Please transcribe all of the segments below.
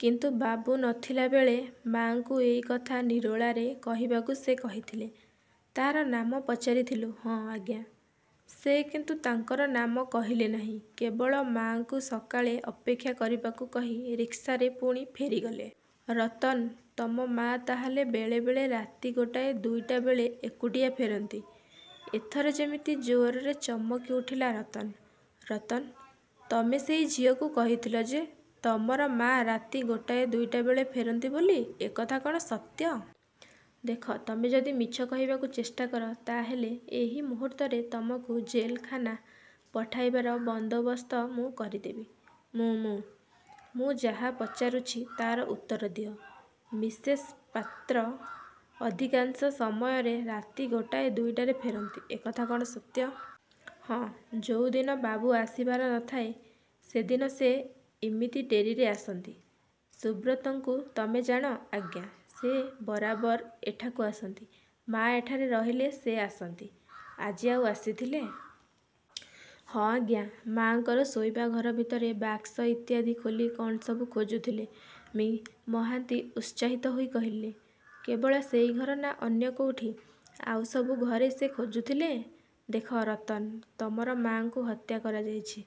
କିନ୍ତୁ ବାବୁ ନ ଥିଲା ବେଳେ ମାଆଙ୍କୁ ଏଇ କଥା ନିରୋଳାରେ କହିବାକୁ ସେ କହିଥିଲେ। ' 'ତା'ର ନାମ ପଚାରିଥିଲୁ? ' 'ହଁ ଆଜ୍ଞା! ସେ କିନ୍ତୁ ତାଙ୍କର ନାମ କହିଲେ ନାହିଁ। କେବଳ ମାଆଙ୍କୁ ସକାଳେ ଅପେକ୍ଷା କରିବାକୁ କହି ରିକ୍ସାରେ ପୁଣି ଫେରିଗଲେ। ' 'ରତନ, ତମ ମାଆ ତା'ହେଲେ ବେଳେବେଳେ ରାତି ଗୋଟାଏ ଦୁଇଟା ବେଳେ ଏକୁଟିଆ ଫେରନ୍ତି? ' ଏଥର ଯେମିତି ଜୋରରେ ଚମକିଉଠିଲା ରତନ। 'ରତନ, ତମେ ସେଇ ଝିଅକୁ କହିଥିଲ ଯେ ତମର ମାଆ ରାତି ଗୋଟାଏ ଦୁଇଟା ବେଳେ ଫେରନ୍ତି ବୋଲି। ଏକଥା କ'ଣ ସତ୍ୟ? ଦେଖ, ତମେ ଯଦି ମିଛ କହିବାକୁ ଚେଷ୍ଟା କର ତା'ହେଲେ ଏଇ ମୁହୂର୍ତ୍ତରେ ତମକୁ ଜେଲଖାନା ପଠାଇବାର ବନ୍ଦୋବସ୍ତ ମୁଁ କରିଦେବି। ' 'ମୁଁ ମୁଁ. ' 'ମୁଁ ଯାହା ପଚାରୁଛି ତା'ର ଉତ୍ତର ଦିଅ। ମିସେସ୍ପାତ୍ର ଅଧିକାଶଂ ସମୟରେ ରାତି ଗୋଟାଏ ଦୁଇଟାରେ ଫେରନ୍ତି, ଏକଥା କ'ଣ ସତ୍ୟ? ' 'ହଁ, ଯୋଉଦିନ ବାବୁ ଆସିବାର ନ ଥାଏ ସେଦିନ ସେ ଇମିତି ଡେରିରେ ଆସନ୍ତି। ' 'ସୁବ୍ରତଙ୍କୁ ତମେ ଜାଣ? ' 'ଆଜ୍ଞା। ' 'ସେ ବରାବର ଏଠାକୁ ଆସନ୍ତି? ' 'ମାଆ ଏଠାରେ ରହିଲେ ସେ ଆସନ୍ତି। ' 'ଆଜି ଆଉ ଆସିଥିଲେ? ' 'ହଁ, ଆଜ୍ଞା! ମାଆଙ୍କର ଶୋଇବା ଘର ଭିତରେ ବାକ୍ସ ଇତ୍ୟାଦି ଖୋଲି କ'ଣ ସବୁ ଖୋଜୁଥିଲେ। ' ମି: ମହାନ୍ତି ଉତ୍ସାହିତ ହୋଇ କହିଲେ, 'କେବଳ ସେଇ ଘର ନା ଅନ୍ୟ କୋଉଠି? ' 'ଆଉ ସବୁ ଘରେ ସେ ଖୋଜୁଥିଲେ। ' 'ଦେଖ ରତନ, ତମର ମାଆଙ୍କୁ ହତ୍ୟା କରାଯାଇଛି;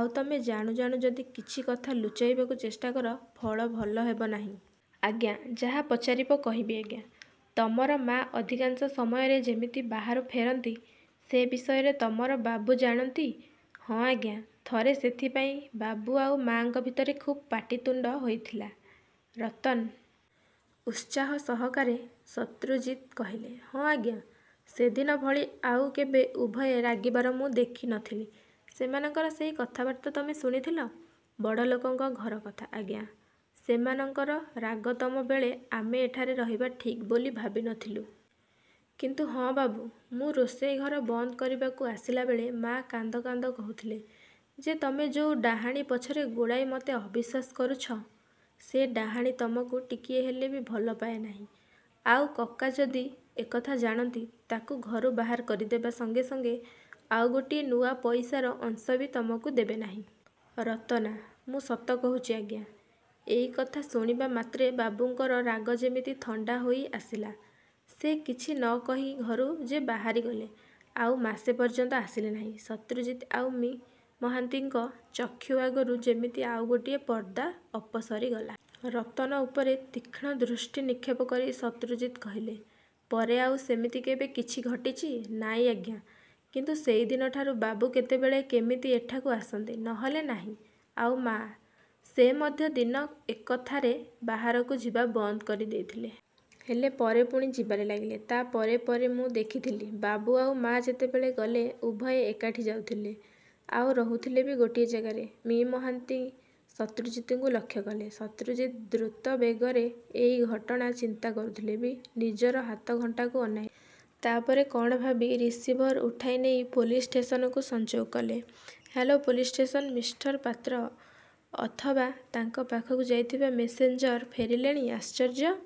ଆଉ ତମେ ଜାଣୁ ଜାଣୁ ଯଦି କିଛି କଥା ଲୁଚାଇବାକୁ ଚେଷ୍ଟା କର; ଫଳ ଭଲ ହେବ ନାହିଁ। ' 'ଆଜ୍ଞା, ଯାହା ପଚାରିବ କହିବି ଆଜ୍ଞା! ' 'ତମର ମାଆ ଅଧିକାଂଶ ସମୟରେ ଯେମିତି ବାହାରୁ ଫେରନ୍ତି, ସେ ବିଷୟରେ ତମର ବାବୁ ଜାଣନ୍ତି? ' 'ହଁ ଆଜ୍ଞା, ଥରେ ସେଥିପାଇଁ ବାବୁ ଆଉ ମାଆଙ୍କ ଭିତରେ ଖୁବ୍ ପାଟିତୁଣ୍ଡ ହେଇଥିଲା-। ' 'ରତନ! ' ଉତ୍ସାହ ସହକାରେ ଶତ୍ରୁଜିତ କହିଲେ। 'ହଁ ଆଜ୍ଞା! ସେଦିନଭଳି ଆଉ କେବେ ଉଭୟେ ରାଗିବାର ମୁଁ ଦେଖି ନ ଥିଲି। ' 'ସେମାନଙ୍କର ସେଇ କଥାବାର୍ତ୍ତା ତମେ ଶୁଣିଥିଲ? ' 'ବଡ଼ଲୋକଙ୍କ ଘରକଥା, ଆଜ୍ଞା! ସେମାନଙ୍କର ରାଗତମ ବେଳେ ଆମେ ଏଠାରେ ରହିବା ଠିକ୍ ବୋଲି ଭାବି ନ ଥିଲୁଁ। କିନ୍ତୁ ହଁ ବାବୁ! ମୁଁ ରୋଷେଇଘର ବନ୍ଦ କରିବାକୁ ଆସିଲାବେଳେ ମାଆ କାନ୍ଦ କାନ୍ଦ କହୁଥିଲେ ଯେ ତମେ ଯୋଉ ଡାହାଣୀ ପଛରେ ଗୋଡ଼ାଇ ମୋତେ ଅବିଶ୍ୱାସ କରୁଛ, ସେ ଡାହାଣୀ ତମକୁ ଟିକିଏ ହେଲେ ବି ଭଲ ପାଏ ନାହିଁ। ଆଉ କକା ଯଦି ଏକଥା ଜାଣନ୍ତି, ତାକୁ ଘରୁ ବାହାର କରିଦେବା ସଙ୍ଗେ ସଙ୍ଗେ ଆଉ ଗୋଟିଏ ନୂଆ ପଇସାର ଅଂଶ ବି ତମକୁ ଦେବେ ନାହିଁ। ' 'ରତନ! ' 'ମୁଁ ସତ କହୁଚି, ଆଜ୍ଞା! ଏଇ କଥା ଶୁଣିବା ମାତ୍ରେ ବାବୁଙ୍କର ରାଗ ଯେମିତି ଥଣ୍ଡା ହୋଇଆସିଲା। ସେ କିଛି ନ କହି ଘରୁ ଯେ ବାହାରିଗଲେ ଆଉ ମାସେ ପର୍ଯ୍ୟନ୍ତ ଆସିଲେ ନାହିଁ। '। ଶତ୍ରୁଜିତ ଆଉ ମି: ମହାନ୍ତିଙ୍କ ଚକ୍ଷୁ ଆଗରୁ ଯେମିତି ଆଉ ଗୋଟିଏ ପର୍ଦ୍ଦା ଅପସରିଗଲା-। ରତନ ଉପରେ ତୀକ୍ଷ୍ଣ ଦୃଷ୍ଟି ନିକ୍ଷେପ କରି ଶତ୍ରୁଜିତ କହିଲେ, 'ପରେ ଆଉ ସେମିତି କେବେ କିଛି ଘଟିଚି? ' 'ନାହିଁ ଆଜ୍ଞା! କିନ୍ତୁ ସେଇଦିନଠାରୁ ବାବୁ କେତେବେଳେ କେମିତି ଏଠାକୁ ଆସନ୍ତି, ନ ହେଲେ ନାହିଁ। ' 'ଆଉ ମା? ' 'ସେ ମଧ୍ୟ ଦିନ ଏକଥାରେ ବାହାରକୁ ଯିବା ବନ୍ଦ କରିଦେଇଥିଲେ। ହେଲେ ପରେ ପୁଣି ଯିବାରେ ଲାଗିଲେ। ତା'ପରେ ପରେ ମୁଁ ଦେଖିଥିଲି, ବାବୁ ଆଉ ମା ଯେତେବେଳେ ଗଲେ, ଉଭୟେ ଏକାଠି ଯାଉଥିଲେ ଆଉ ରହୁଥିଲେ ବି ଗୋଟିଏ ଜାଗାରେ। ' ମି: ମହାନ୍ତି ଶତ୍ରୁଜିତଙ୍କୁ ଲକ୍ଷ୍ୟ କଲେ। ଶତ୍ରୁଜିତ ଦ୍ରୁତବେଗରେ ଏଇ ଘଟଣା ଚିନ୍ତା କରୁଥିଲେ ବି ନିଜର ହାତଘଣ୍ଟାକୁ ଅନାଇଲେ। ତା'ପରେ କଣ ଭାବି ରିସିଭର ଉଠାଇନେଇ ପୋଲିସ ଷ୍ଟେସନକୁ ସଂଯୋଗ କଲେ। 'Hello police station! Mister Patra ଅଥବା ତାଙ୍କ ପାଖକୁ ଯାଇଥିବା ମେସେଞ୍ଜର ଫେରିଲେଣି? ' 'ଆଶ୍ଚର୍ଯ୍ୟ '!